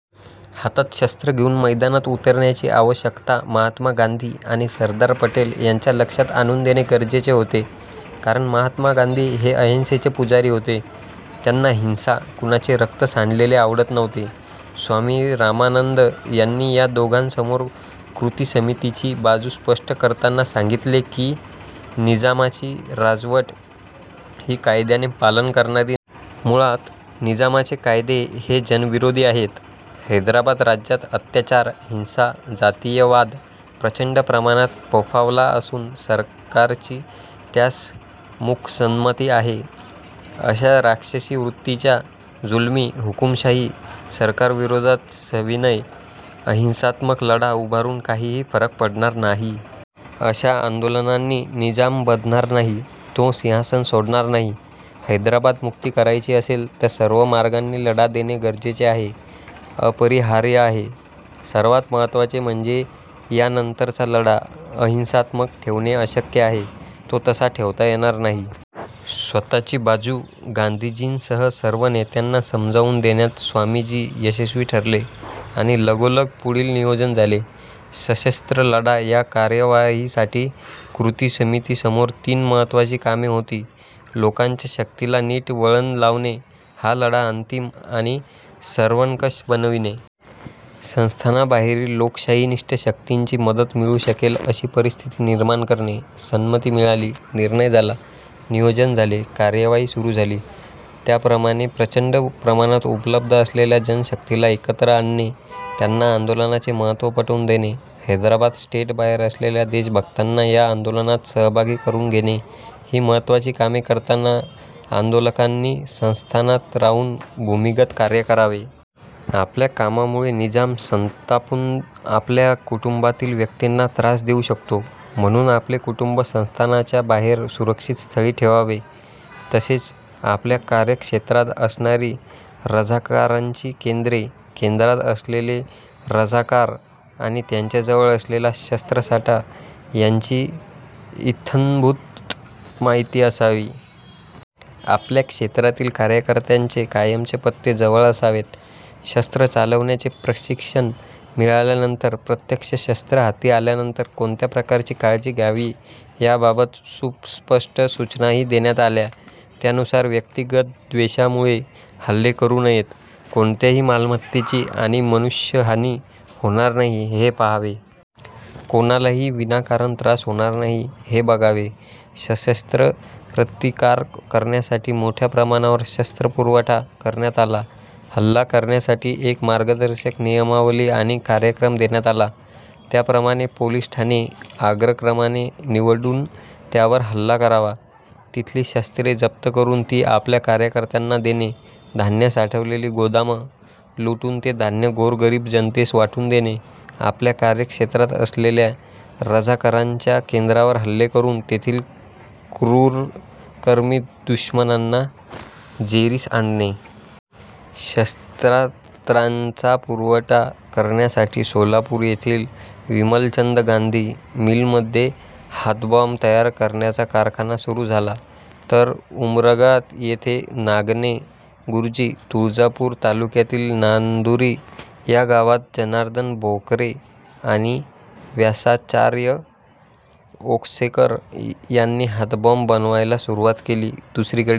हातात शस्त्र घेऊन मैदानात उतरण्याची आवश्यकता महात्मा गांधी आणि सरदार पटेल यांच्या लक्षात आणून देणे गरजेचे होते, कारण महात्मा गांधी हे अहिंसेचे पुजारी होते. त्यांना हिंसा, कुणाचे रक्त सांडलेले आवडत नव्हते. स्वामी रामानंद यांनी या दोघांसमोर कृतिसमितीची बाजू स्पष्ट करताना सांगितले की, निजामाची राजवट ही कायद्याचे पालन करणारी नाही. मुळात निजामाचे कायदे हे जनविरोधी आहेत. हैदराबाद राज्यात अत्याचार, हिंसा, जातीयवाद प्रचंड प्रमाणात फोफावला असून सरकारची त्यास मूकसंमती आहे. अशा राक्षसी वृत्तीच्या, जुलमी, हुकुमशाही सरकारविरोधात सविनय, अहिंसात्मक लढा उभारून काहीही फरक पडणार नाही. अशा आंदोलनांनी निजाम बधणार नाही. तो सिंहासन सोडणार नाही. हैदराबाद मुक्ती करायची असेल तर सर्व मार्गांनी लढा देणे गरजेचे आहे, अपरिहार्य आहे. सर्वात महत्त्वाचे म्हणजे यानंतरचा लढा अहिंसात्मक ठेवणे अशक्य आहे. तो तसा ठेवता येणार नाही. स्वतःची बाजू गांधीजींसह सर्व नेत्यांना समजावून देण्यात स्वामीजी यशस्वी ठरले आणि लगोलग पुढील नियोजन झाले. सशस्त्र लढा या कार्यवाहीसाठी कृतिसमितीसमोर तीन महत्त्वाची कामे होती. लोकांच्या शक्तीला नीट वळण लावणे. हा लढा अंतिम आणि सर्वंकष बनविणे. संस्थानाबाहेरील लोकशाहीनिष्ठ शक्तींची मदत मिळू शकेल अशी परिस्थिती निर्माण करणे. संमती मिळाली. निर्णय झाला. नियोजन झाले. कार्यवाही सुरू झाली. त्याप्रमाणे प्रचंड प्रमाणात उपलब्ध असलेल्या जनशक्तीला एकत्र आणणे, त्यांना आंदोलनाचे महत्त्व पटवून देणे, हैदराबाद स्टेटबाहेर असलेल्या देशभक्तांना या आंदोलनात सहभागी करून घेणे ही महत्त्वाची कामे करताना आंदोलकांनी संस्थानात राहून भूमिगत कार्य करावे. आपल्या कामामुळे निजाम संतापून आपल्या कुटुंबातील व्यक्तींना त्रास देऊ शकतो, म्हणून आपले कुटुंब संस्थानाच्या बाहेर सुरक्षित स्थळी ठेवावे. तसेच आपल्या कार्यक्षेत्रात असणारी रझाकारांची केंद्रे, केंद्रात असलेले रझाकार आणि त्यांच्याजवळ असलेला शस्त्रसाठा यांची इत्थंभूत माहिती असावी. आपल्या क्षेत्रातील कार्यकर्त्यांचे कायमचे पत्ते जवळ असावेत. शस्त्र चालवण्याचे प्रशिक्षण मिळाल्यानंतर, प्रत्यक्ष शस्त्र हाती आल्यानंतर कोणत्या प्रकारची काळजी घ्यावी याबाबत सुस्पष्ट सूचनाही देण्यात आल्या. त्यानुसार व्यक्तिगत द्वेषामुळे हल्ले करू नयेत. कोणत्याही मालमत्तेची आणि मनुष्यहानी होणार नाही हे पाहावे. कोणालाही विनाकारण त्रास होणार नाही हे बघावे. सशस्त्र प्रतिकार करण्यासाठी मोठ्या प्रमाणावर शस्त्रपुरवठा करण्यात आला. हल्ला करण्यासाठी एक मार्गदर्शक नियमावली आणि कार्यक्रम देण्यात आला. त्याप्रमाणे पोलीस ठाणे अग्रक्रमाने निवडून त्यावर हल्ला करावा. तिथली शस्त्रे जप्त करून ती आपल्या कार्यकर्त्यांना देणे, धान्य साठवलेली गोदामं लुटून ते धान्य गोरगरीब जनतेस वाटून देणे, आपल्या कार्यक्षेत्रात असलेल्या रझाकारांच्या केंद्रांवर हल्ले करून तेथील क्रूरकर्मी दुश्मनांना जेरीस आणणे! शस्त्रास्त्रांचा पुरवठा करण्यासाठी सोलापूर येथील विमलचंद गांधी मिलमध्ये हातबॉम्ब तयार करण्याचा कारखाना सुरू झाला, तर उमरगा येथे नागणे गुरुजी, तुळजापूर तालुक्यातील नांदुरी या गावात जनार्दन भोकरे आणि व्यासाचार्य औसेकर यांनी हातबॉम्ब बनवायला सुरुवात केली. दुसरीकडे